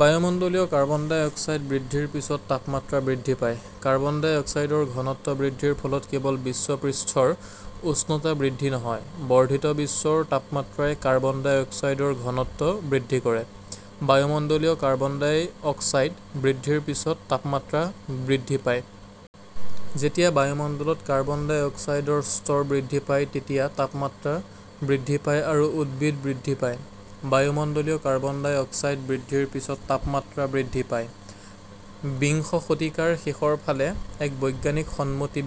বায়ুমণ্ডলীয় carbon dioxide বৃদ্ধিৰ পিছত তাপমাত্ৰা বৃদ্ধি পায়। কাৰ্বন ডাই অক্সাইডৰ ঘনত্ব বৃদ্ধিৰ ফলত কেৱল বিশ্ব পৃষ্ঠৰ উষ্ণতা বৃদ্ধি নহয়, বৰ্ধিত বিশ্বৰ তাপমাত্ৰাই কাৰ্বন ডাই অক্সাইডৰ ঘনত্ব বৃদ্ধি কৰে। বায়ুমণ্ডলীয় কাৰ্বন ডাই অক্সাইড বৃদ্ধিৰ পিছত তাপমাত্ৰা বৃদ্ধি পায়। যেতিয়া বায়ুমণ্ডলত কাৰ্বন ডাই অক্সাইডৰ স্তৰ বৃদ্ধি পায় তেতিয়া তাপমাত্ৰা বৃদ্ধি পায় আৰু উদ্ভিদ বৃদ্ধি পায়। বায়ুমণ্ডলীয় কাৰ্বন ডাই অক্সাইড বৃদ্ধিৰ পিছত তাপমাত্ৰা বৃদ্ধি পায়। বিংশ শতিকাৰ শেষৰ ফালে, এক বৈজ্ঞানিক সন্মতি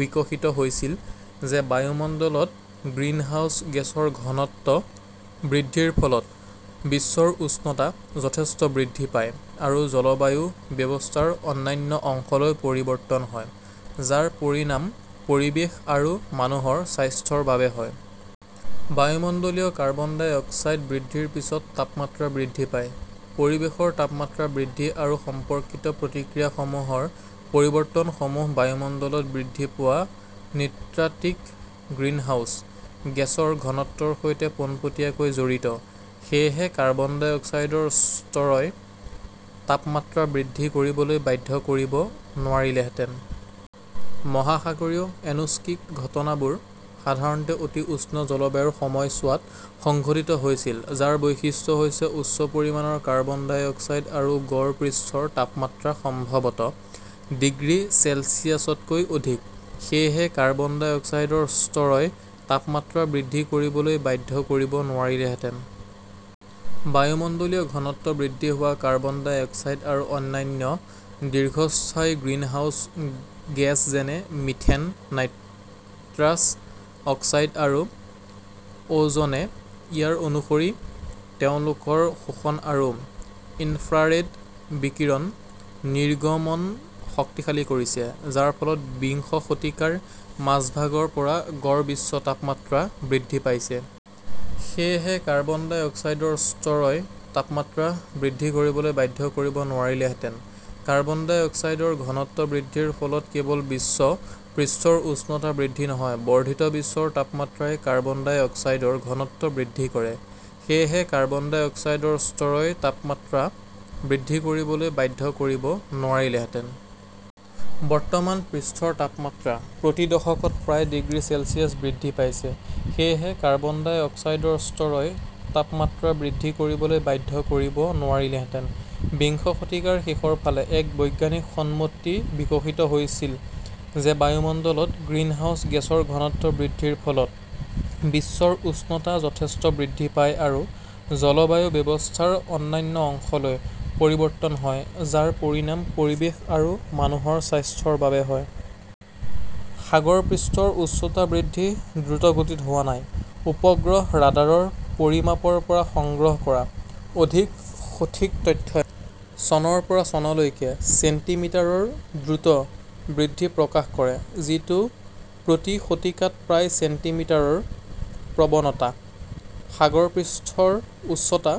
বিকশিত হৈছিল যে বায়ুমণ্ডলত গ্ৰিনহাউস গেছৰ ঘনত্ব বৃদ্ধিৰ ফলত বিশ্বৰ উষ্ণতা যথেষ্ট বৃদ্ধি পায় আৰু জলবায়ু ব্যৱস্থাৰ অন্যান্য অংশলৈ পৰিৱৰ্তন হয়, যাৰ পৰিণাম পৰিৱেশ আৰু মানুহৰ স্বাস্থ্যৰ বাবে হয়। বায়ুমণ্ডলীয় কাৰ্বন ডাই অক্সাইড বৃদ্ধিৰ পিছত তাপমাত্ৰা বৃদ্ধি পায়। পৰিৱেশৰ তাপমাত্ৰা বৃদ্ধি আৰু সম্পৰ্কিত প্ৰক্ৰিয়াসমূহৰ পৰিৱৰ্তনসমূহ বায়ুমণ্ডলত বৃদ্ধি পোৱা নৃতাত্ত্বিক গ্ৰিনহাউস গেছ -ৰ ঘনত্বৰ সৈতে পোনপটীয়াকৈ জড়িত। সেয়েহে, কাৰ্বন ডাই অক্সাইডৰ স্তৰই তাপমাত্ৰা বৃদ্ধি কৰিবলৈ বাধ্য কৰিব নোৱাৰিলেহেঁতেন। মহাসাগৰীয় এনোক্সিক ঘটনাবোৰ সাধাৰণতে অতি উষ্ণ জলবায়ুৰ সময়ছোৱাত সংঘটিত হৈছিল যাৰ বৈশিষ্ট্য হৈছে উচ্চ পৰিমাণৰ কাৰ্বন ডাই অক্সাইড আৰু গড় পৃষ্ঠৰ তাপমাত্ৰা সম্ভৱতঃ ডিগ্ৰী চেলছিয়াছ তকৈ অধিক। সেয়েহে, কাৰ্বন ডাই অক্সাইডৰ স্তৰই তাপমাত্ৰা বৃদ্ধি কৰিবলৈ বাধ্য কৰিব নোৱাৰিলেহেঁতেন। বায়ুমণ্ডলীয় ঘনত্ব বৃদ্ধি হোৱা কাৰ্বন ডাই অক্সাইড আৰু অন্যান্য দীৰ্ঘস্থায়ী গ্ৰীণহাউচ গেছ যেনে মিথেন, নাইট্ৰাছ অক্সাইড আৰু অ 'জ' নে ইয়াৰ অনুসৰি তেওঁলোকৰ শোষণ আৰু ইনফ্ৰাৰেড বিকিৰণ নিৰ্গমন শক্তিশালী কৰিছে, যাৰ ফলত বিংশ শতিকাৰ মাজভাগৰ পৰা গড় বিশ্ব তাপমাত্ৰা বৃদ্ধি পাইছে। সেয়েহে, কাৰ্বন ডাই অক্সাইডৰ স্তৰই তাপমাত্ৰা বৃদ্ধি কৰিবলৈ বাধ্য কৰিব নোৱাৰিলেহেঁতেন। কাৰ্বন ডাই অক্সাইডৰ ঘনত্ব বৃদ্ধিৰ ফলত কেৱল বিশ্ব পৃষ্ঠৰ উষ্ণতা বৃদ্ধি নহয়, বৰ্ধিত বিশ্বৰ তাপমাত্ৰাই কাৰ্বন ডাই অক্সাইডৰ ঘনত্ব বৃদ্ধি কৰে। সেয়েহে, কাৰ্বন ডাই অক্সাইডৰ স্তৰই তাপমাত্ৰা বৃদ্ধি কৰিবলৈ বাধ্য কৰিব নোৱাৰিলেহেঁতেন। বৰ্তমান, পৃষ্ঠৰ তাপমাত্ৰা প্ৰতি দশকত প্ৰায় ডিগ্ৰী চেলছিয়াছ বৃদ্ধি পাইছে। সেয়েহে, কাৰ্বন ডাই অক্সাইডৰ স্তৰই তাপমাত্ৰা বৃদ্ধি কৰিবলৈ বাধ্য কৰিব নোৱাৰিলেহেঁতেন। বিংশ শতিকাৰ শেষৰ ফালে, এক বৈজ্ঞানিক সন্মতি বিকশিত হৈছিল যে বায়ুমণ্ডলত গ্ৰিনহাউস গেছৰ ঘনত্ব বৃদ্ধিৰ ফলত বিশ্বৰ উষ্ণতা যথেষ্ট বৃদ্ধি পায় আৰু জলবায়ু ব্যৱস্থাৰ অন্যান্য অংশলৈ পৰিৱৰ্তন হয়, যাৰ পৰিণাম পৰিৱেশ আৰু মানুহৰ স্বাস্থ্যৰ বাবে হয়। সাগৰপৃষ্ঠৰ উচ্চতা বৃদ্ধি দ্ৰুতগতিত হোৱা নাই। উপগ্ৰহ ৰাডাৰৰ পৰিমাপৰ পৰা সংগ্ৰহ কৰা অধিক সঠিক তথ্যই চনৰ পৰা চনলৈকে ছেণ্টিমিটাৰ ৰ দ্ৰুত বৃদ্ধি প্ৰকাশ কৰে, যিটো প্ৰতি শতিকাত প্ৰায় ছেণ্টিমিটাৰ ৰ প্ৰৱণতা। সাগৰপৃষ্ঠৰ উচ্চতা